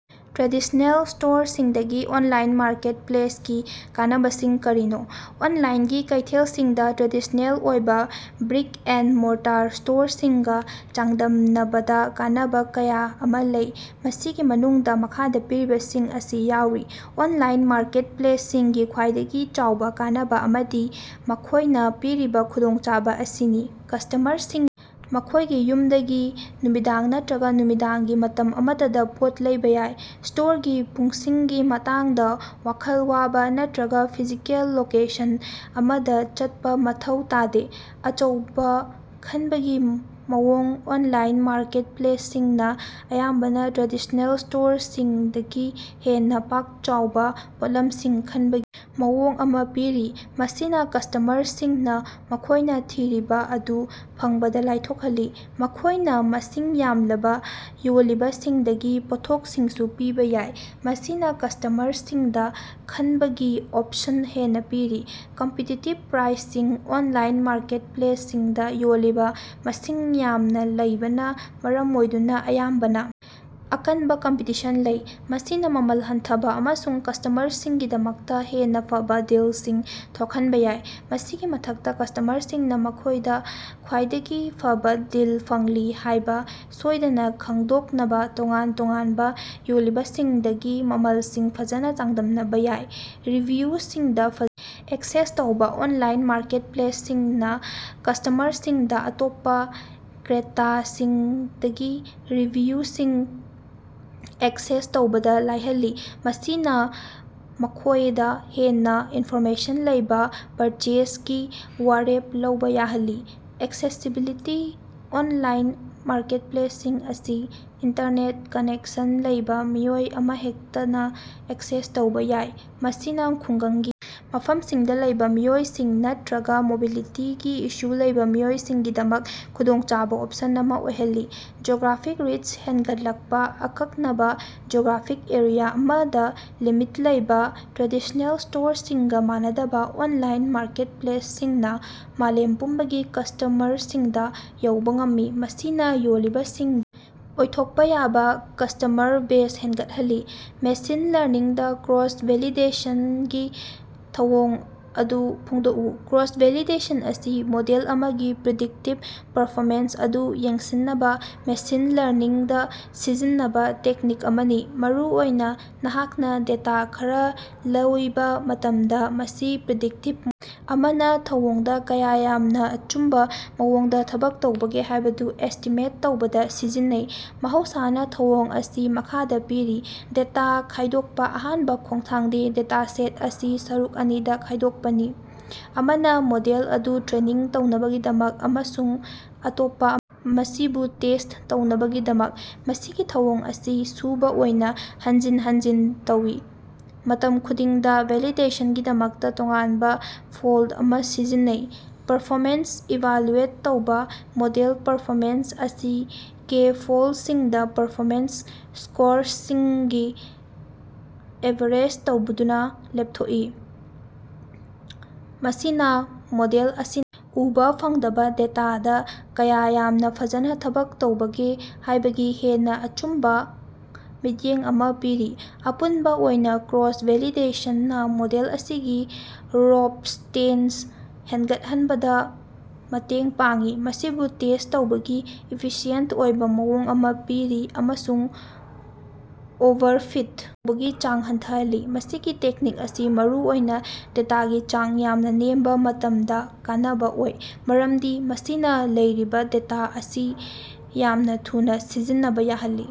Traditional ꯁ꯭ꯇꯣꯔꯁꯤꯡꯗꯒꯤ online ꯃꯥꯔꯀꯦꯠꯞꯂꯦꯁꯀꯤ ꯀꯥꯟꯅꯕꯁꯤꯡ ꯀꯔꯤꯅꯣ? ꯑꯣꯟꯂꯥꯏꯟꯒꯤ ꯀꯩꯊꯦꯜꯁꯤꯡꯗ ꯇ꯭ꯔꯦꯗꯤꯁ꯭ꯅꯦꯜ ꯑꯣꯏꯕ ꯕ꯭ꯔꯤꯛ-ꯑꯦꯟꯗ-ꯃꯣꯔꯇꯔ ꯁ꯭ꯇꯣꯔꯁꯤꯡꯒ ꯆꯥꯡꯗꯝꯅꯕꯗ ꯀꯥꯟꯅꯕ ꯀꯌꯥ ꯑꯃ ꯂꯩ꯫ ꯃꯁꯤꯒꯤ ꯃꯅꯨꯡꯗ ꯃꯈꯥꯗ ꯄꯤꯔꯤꯕꯁꯤꯡ ꯑꯁꯤ ꯌꯥꯎꯔꯤ꯫ꯑꯣꯟꯂꯥꯏꯟ ꯃꯥꯔꯀꯦꯠꯄꯂꯦꯁꯁꯤꯡꯒꯤ ꯈ꯭ꯋꯥꯏꯗꯒꯤ ꯆꯥꯎꯕ ꯀꯥꯟꯅꯕ ꯑꯃꯗꯤ ꯃꯈꯣꯏꯅ ꯄꯤꯔꯤꯕ ꯈꯨꯗꯣꯡꯆꯥꯕ ꯑꯁꯤꯅꯤ꯫ ꯀꯁ꯭ꯇꯃꯔꯁꯤꯡ ꯃꯈꯣꯏꯒꯤ ꯌꯨꯝꯗꯒꯤ ꯅꯨꯃꯤꯗꯥꯡ ꯅꯠꯇꯔꯒ ꯅꯨꯃꯤꯗꯥꯡꯒꯤ ꯃꯇꯝ ꯑꯃꯠꯇꯗ ꯄꯣꯠ ꯂꯩꯕ ꯌꯥꯏ꯫ꯁ꯭ꯇꯣꯔꯒꯤ ꯄꯨꯡꯁꯤꯡꯒꯤ ꯃꯇꯥꯡꯗ ꯋꯥꯈꯜ ꯋꯥꯕ ꯅꯠꯇꯔꯒ ꯐꯤꯖꯤꯀꯦꯜ ꯂꯣꯀꯦꯁꯟ ꯑꯃꯗ ꯆꯠꯄ ꯃꯊꯧ ꯇꯥꯗꯦ꯫ ꯑꯆꯧꯕ ꯈꯟꯕꯒꯤ ꯃꯑꯣꯡ ꯑꯣꯟꯂꯥꯏꯟ ꯃꯥꯔꯀꯦꯠꯄꯂꯦꯁꯁꯤꯡꯅ ꯑꯌꯥꯝꯕꯅ ꯇ꯭ꯔꯦꯗꯤꯁ꯭ꯅꯦꯜ ꯁ꯭ꯇꯣꯔꯁꯤꯡꯗꯒꯤ ꯍꯦꯟꯅ ꯄꯥꯛ-ꯆꯥꯎꯕ ꯄꯣꯠꯂꯝꯁꯤꯡ ꯈꯟꯕ ꯃꯑꯣꯡ ꯑꯃ ꯄꯤꯔꯤ꯫ꯃꯁꯤꯅ ꯀꯁ꯭ꯇꯃꯔꯁꯤꯡꯅ ꯃꯈꯣꯏꯅ ꯊꯤꯔꯤꯕ ꯑꯗꯨ ꯐꯪꯕꯗ ꯂꯥꯏꯊꯣꯛꯍꯜꯂꯤ꯫ ꯃꯈꯣꯏꯅ ꯃꯁꯤꯡ ꯌꯥꯝꯂꯕ ꯌꯣꯜꯂꯤꯕꯁꯤꯡꯗꯒꯤ ꯄꯣꯠꯊꯣꯛꯁꯤꯡꯁꯨ ꯄꯤꯕ ꯌꯥꯏ꯫ ꯃꯁꯤꯅ ꯀꯁ꯭ꯇꯃꯔꯁꯤꯡꯗ ꯈꯟꯕꯒꯤ ꯑꯣꯞꯁꯟ ꯍꯦꯟꯅ ꯄꯤꯔꯤ꯫ ꯀꯝꯄꯤꯇꯤꯇꯤꯕ ꯄ꯭ꯔꯥꯏꯁꯤꯡ ꯑꯣꯟꯂꯥꯏꯟ ꯃꯥꯔꯀꯦꯠꯞꯂꯦꯁꯁꯤꯡꯗ ꯌꯣꯜꯂꯤꯕ ꯃꯁꯤꯡ ꯌꯥꯝꯅ ꯂꯩꯕꯅ ꯃꯔꯝ ꯑꯣꯏꯗꯨꯅ ꯑꯌꯥꯝꯕꯅ ꯑꯀꯟꯕ ꯀꯝꯄꯤꯇꯤꯁꯟ ꯂꯩ꯫ ꯃꯁꯤꯅ ꯃꯃꯜ ꯍꯟꯊꯕ ꯑꯃꯁꯨꯡ ꯀꯁ꯭ꯇꯃꯔꯁꯤꯡꯒꯤꯗꯃꯛꯇ ꯍꯦꯟꯅ ꯐꯕ ꯗꯤꯜꯁꯤꯡ ꯊꯣꯛꯍꯟꯕ ꯌꯥꯏ꯫ ꯃꯁꯤꯒꯤ ꯃꯊꯛꯇ ꯀꯁ꯭ꯇꯃꯔꯁꯤꯡꯅ ꯃꯈꯣꯏꯗ ꯈ꯭ꯋꯥꯏꯗꯒꯤ ꯐꯕ ꯗꯤꯜ ꯐꯪꯂꯤ ꯍꯥꯏꯕ ꯁꯣꯏꯗꯅ ꯈꯪꯗꯣꯛꯅꯕ ꯇꯣꯉꯥꯟ ꯇꯣꯉꯥꯟꯕ ꯌꯣꯜꯂꯤꯕꯁꯤꯡꯗꯒꯤ ꯃꯃꯜꯁꯤꯡ ꯐꯖꯅ ꯆꯥꯡꯗꯝꯅꯕ ꯌꯥꯏ꯫ ꯔꯤꯚꯤꯌꯨꯁꯤꯡꯗ ꯐ ꯑꯦꯛꯁꯦꯁ ꯇꯧꯕ ꯑꯣꯟꯂꯥꯏꯟ ꯃꯥꯔꯀꯦꯠꯄꯂꯦꯁꯁꯤꯡꯅ ꯀꯁ꯭ꯇꯃꯔꯁꯤꯡꯗ ꯑꯇꯣꯞꯄ ꯀ꯭ꯔꯦꯇꯥꯁꯤꯡꯗꯒꯤ ꯔꯤꯚꯤꯌꯨꯁꯤꯡ ꯑꯦꯛꯁꯦꯁ ꯇꯧꯕꯗ ꯂꯥꯏꯍꯜꯂꯤ, ꯃꯁꯤꯅ ꯃꯈꯣꯏꯗ ꯍꯦꯟꯅ ꯏꯟꯐꯣꯔꯃꯦꯁꯟ ꯂꯩꯕ ꯄꯔꯆꯦꯖꯒꯤ ꯋꯥꯔꯦꯞ ꯂꯧꯕ ꯌꯥꯍꯜꯂꯤ꯫ ꯑꯦꯛꯁꯦꯁꯤꯕꯤꯂꯤꯇꯤ ꯑꯣꯟꯂꯥꯏꯟ ꯃꯥꯔꯀꯦꯠꯄꯂꯦꯁꯁꯤꯡ ꯑꯁꯤ ꯏꯟꯇꯔꯅꯦꯠ ꯀꯅꯦꯛꯁꯟ ꯂꯩꯕ ꯃꯤꯑꯣꯏ ꯑꯃꯍꯦꯛꯇꯅ ꯑꯦꯛꯁꯦꯁ ꯇꯧꯕ ꯌꯥꯏ꯫ꯃꯁꯤꯅ ꯈꯨꯡꯒꯪꯒꯤ ꯃꯐꯝꯁꯤꯡꯗ ꯂꯩꯕ ꯃꯤꯑꯣꯏꯁꯤꯡ ꯅꯠꯇꯔꯒ ꯃꯣꯕꯤꯂꯤꯇꯤꯒꯤ ꯏꯁꯨ ꯂꯩꯕ ꯃꯤꯑꯣꯏꯁꯤꯡꯒꯤꯗꯃꯛ ꯈꯨꯗꯣꯡꯆꯥꯕ ꯑꯣꯞꯁꯟ ꯑꯃ ꯑꯣꯏꯍꯜꯂꯤ꯫ ꯖꯤꯑꯣꯒ꯭ꯔꯥꯐꯤꯛ ꯔꯤꯆ ꯍꯦꯟꯒꯠꯂꯛꯄ ꯑꯀꯛꯅꯕꯥ ꯖꯤꯑꯣꯒ꯭ꯔꯥꯐꯤꯛ ꯑꯦꯔꯤꯌ ꯑꯃꯗ ꯂꯤꯃꯤꯠ ꯂꯩꯕ ꯇ꯭ꯔꯦꯗꯤꯁ꯭ꯅꯦꯜ ꯁ꯭ꯇꯣꯔꯁꯤꯡꯒ ꯃꯥꯟꯅꯗꯅ, ꯑꯣꯟꯂꯥꯏꯟ ꯃꯥꯔꯀꯦꯠꯄꯂꯦꯁꯁꯤꯡꯅ ꯃꯥꯂꯦꯝ ꯄꯨꯝꯕꯒꯤ ꯀꯁ꯭ꯇꯃꯔꯁꯤꯡꯗ ꯌꯧꯕ ꯉꯝꯃꯤ, ꯃꯁꯤꯅ ꯌꯣꯜꯂꯤꯕꯁꯤꯡ ꯑꯣꯏꯊꯣꯛꯄ ꯌꯥꯕ ꯀꯁ꯭ꯇꯃꯔ ꯕꯦꯖ ꯍꯦꯟꯒꯠꯍꯜꯂꯤ꯫ ꯃꯦꯁꯤꯟ ꯂꯔꯅꯤꯡꯗ ꯀ꯭ꯔꯣꯁ-ꯚꯦꯂꯤꯗꯦꯁꯟꯒꯤ ꯊꯧꯑꯣꯡ ꯑꯗꯨ ꯐꯣꯡꯗꯣꯛꯎ꯫ ꯀ꯭ꯔꯣꯁ-ꯚꯦꯂꯤꯗꯦꯁꯟ ꯑꯁꯤ ꯃꯣꯗꯦꯜ ꯑꯃꯒꯤ ꯄ꯭ꯔꯤꯗꯤꯛꯇꯤꯚ ꯄꯔꯐꯣꯃꯦꯟꯁ ꯑꯗꯨ ꯌꯦꯡꯁꯤꯟꯅꯕ ꯃꯦꯁꯤꯟ ꯂꯔꯅꯤꯡꯗ ꯁꯤꯖꯤꯟꯅꯕ ꯇꯦꯛꯅꯤꯛ ꯑꯃꯅꯤ꯫ ꯃꯔꯨꯑꯣꯏꯅ ꯅꯍꯥꯛꯅ ꯗꯦꯇꯥ ꯈꯔ ꯂꯧꯏꯕ ꯃꯇꯝꯗ꯫ ꯃꯁꯤ ꯄ꯭ꯔꯤꯗꯤꯛꯇꯤꯚ ꯑꯃꯅ ꯊꯧꯑꯣꯡꯗ ꯀꯌꯥ ꯌꯥꯝꯅ ꯑꯆꯨꯝꯕ ꯃꯑꯣꯡꯗ ꯊꯕꯛ ꯇꯧꯕꯒꯦ ꯍꯥꯏꯕꯗꯨ ꯑꯦꯁ꯭ꯇꯤꯃꯦꯠ ꯇꯧꯕꯗ ꯁꯤꯖꯤꯟꯅꯩ꯫ ꯃꯍꯧꯁꯥꯅ ꯊꯧꯑꯣꯡ ꯑꯁꯤ ꯃꯈꯥꯗ ꯄꯤꯔꯤ ꯗꯦꯇꯥ ꯈꯥꯏꯗꯣꯛꯄ ꯑꯍꯥꯟꯕ ꯈꯣꯡꯊꯥꯡꯗꯤ ꯗꯦꯇꯥꯁꯦꯠ ꯑꯁꯤ ꯁꯔꯨꯛ ꯑꯅꯤꯗ ꯈꯥꯏꯗꯣꯛꯄꯅꯤ꯫ꯑꯃꯅ ꯃꯣꯗꯦꯜ ꯑꯗꯨ ꯇ꯭ꯔꯦꯅꯤꯡ ꯇꯧꯅꯕꯒꯤꯗꯃꯛ ꯑꯃꯁꯨꯡ ꯑꯇꯣꯞꯄ ꯃꯁꯤꯕꯨ ꯇꯦꯁ꯭ꯠ ꯇꯧꯅꯕꯒꯤꯗꯃꯛ꯫ ꯃꯁꯤꯒꯤ ꯊꯧꯑꯣꯡ ꯑꯁꯤ ꯁꯨꯕ ꯑꯣꯏꯅ ꯍꯟꯖꯤꯟ ꯍꯟꯖꯤꯟ ꯇꯧꯏ, ꯃꯇꯝ ꯈꯨꯗꯤꯡꯗ ꯚꯦꯂꯤꯗꯦꯁꯟꯒꯤꯗꯃꯛꯇ ꯇꯣꯉꯥꯟꯕ ꯐꯣꯜꯗ ꯑꯃ ꯁꯤꯖꯤꯟꯅꯩ꯫ ꯄꯔꯐꯣꯃꯦꯟꯁ ꯏꯚꯥꯂꯨꯑꯦꯠ ꯇꯧꯕ ꯃꯣꯗꯦꯜ ꯄꯔꯐꯣꯃꯦꯟꯁ ꯑꯁꯤ ꯀꯦ-ꯐꯣꯜꯗꯁꯤꯡꯗ ꯄꯔꯐꯣꯃꯦꯟꯁ ꯁ꯭ꯀꯣꯔꯁꯤꯡꯒꯤ ꯑꯦꯚꯥꯔꯦꯖ ꯇꯧꯕꯗꯨꯅ ꯂꯦꯞꯊꯣꯛꯏ꯫ ꯃꯁꯤꯅ ꯃꯣꯗꯦꯜ ꯑꯁꯤ ꯎꯕ ꯐꯪꯗꯕ ꯗꯦꯇꯥꯗ ꯀꯌꯥ ꯌꯥꯝꯅ ꯐꯖꯅ ꯊꯕꯛ ꯇꯧꯕꯒꯦ ꯍꯥꯏꯕꯒꯤ ꯍꯦꯟꯅ ꯑꯆꯨꯝꯕ ꯃꯤꯠꯌꯦꯡ ꯑꯃ ꯄꯤꯔꯤ꯫ ꯑꯄꯨꯟꯕ ꯑꯣꯏꯅ ꯀ꯭ꯔꯣꯁ-ꯚꯦꯂꯤꯗꯦꯁꯟꯅ ꯃꯣꯗꯦꯜ ꯑꯁꯤꯒꯤ ꯔꯣꯕꯁ꯭ꯇꯦꯟꯁ ꯍꯦꯟꯒꯠꯍꯟꯕꯗ ꯃꯇꯦꯡ ꯄꯥꯡꯏ, ꯃꯁꯤꯕꯨ ꯇꯦꯁ꯭ꯠ ꯇꯧꯕꯒꯤ ꯏꯐꯤꯁꯤꯌꯦꯟꯇ ꯑꯣꯏꯕ ꯃꯑꯣꯡ ꯑꯃ ꯄꯤꯔꯤ ꯑꯃꯁꯨꯡ ꯑꯣꯚꯔꯐꯤꯠ ꯕꯒꯤ ꯆꯥꯡ ꯍꯟꯊꯍꯜꯂꯤ꯫ ꯃꯁꯤꯒꯤ ꯇꯦꯛꯅꯤꯛ ꯑꯁꯤ ꯃꯔꯨꯑꯣꯏꯅ ꯗꯦꯇꯥꯒꯤ ꯆꯥꯡ ꯌꯥꯝꯅ ꯅꯦꯝꯕ ꯃꯇꯝꯗ ꯀꯥꯟꯅꯕ ꯑꯣꯏ, ꯃꯔꯝꯗꯤ ꯃꯁꯤꯅ ꯂꯩꯔꯤꯕ ꯗꯦꯇ ꯑꯁꯤ ꯌꯥꯝꯅ ꯊꯨꯅꯥ ꯁꯤꯖꯤꯟꯅꯕ ꯌꯥꯍꯜꯂꯤ꯫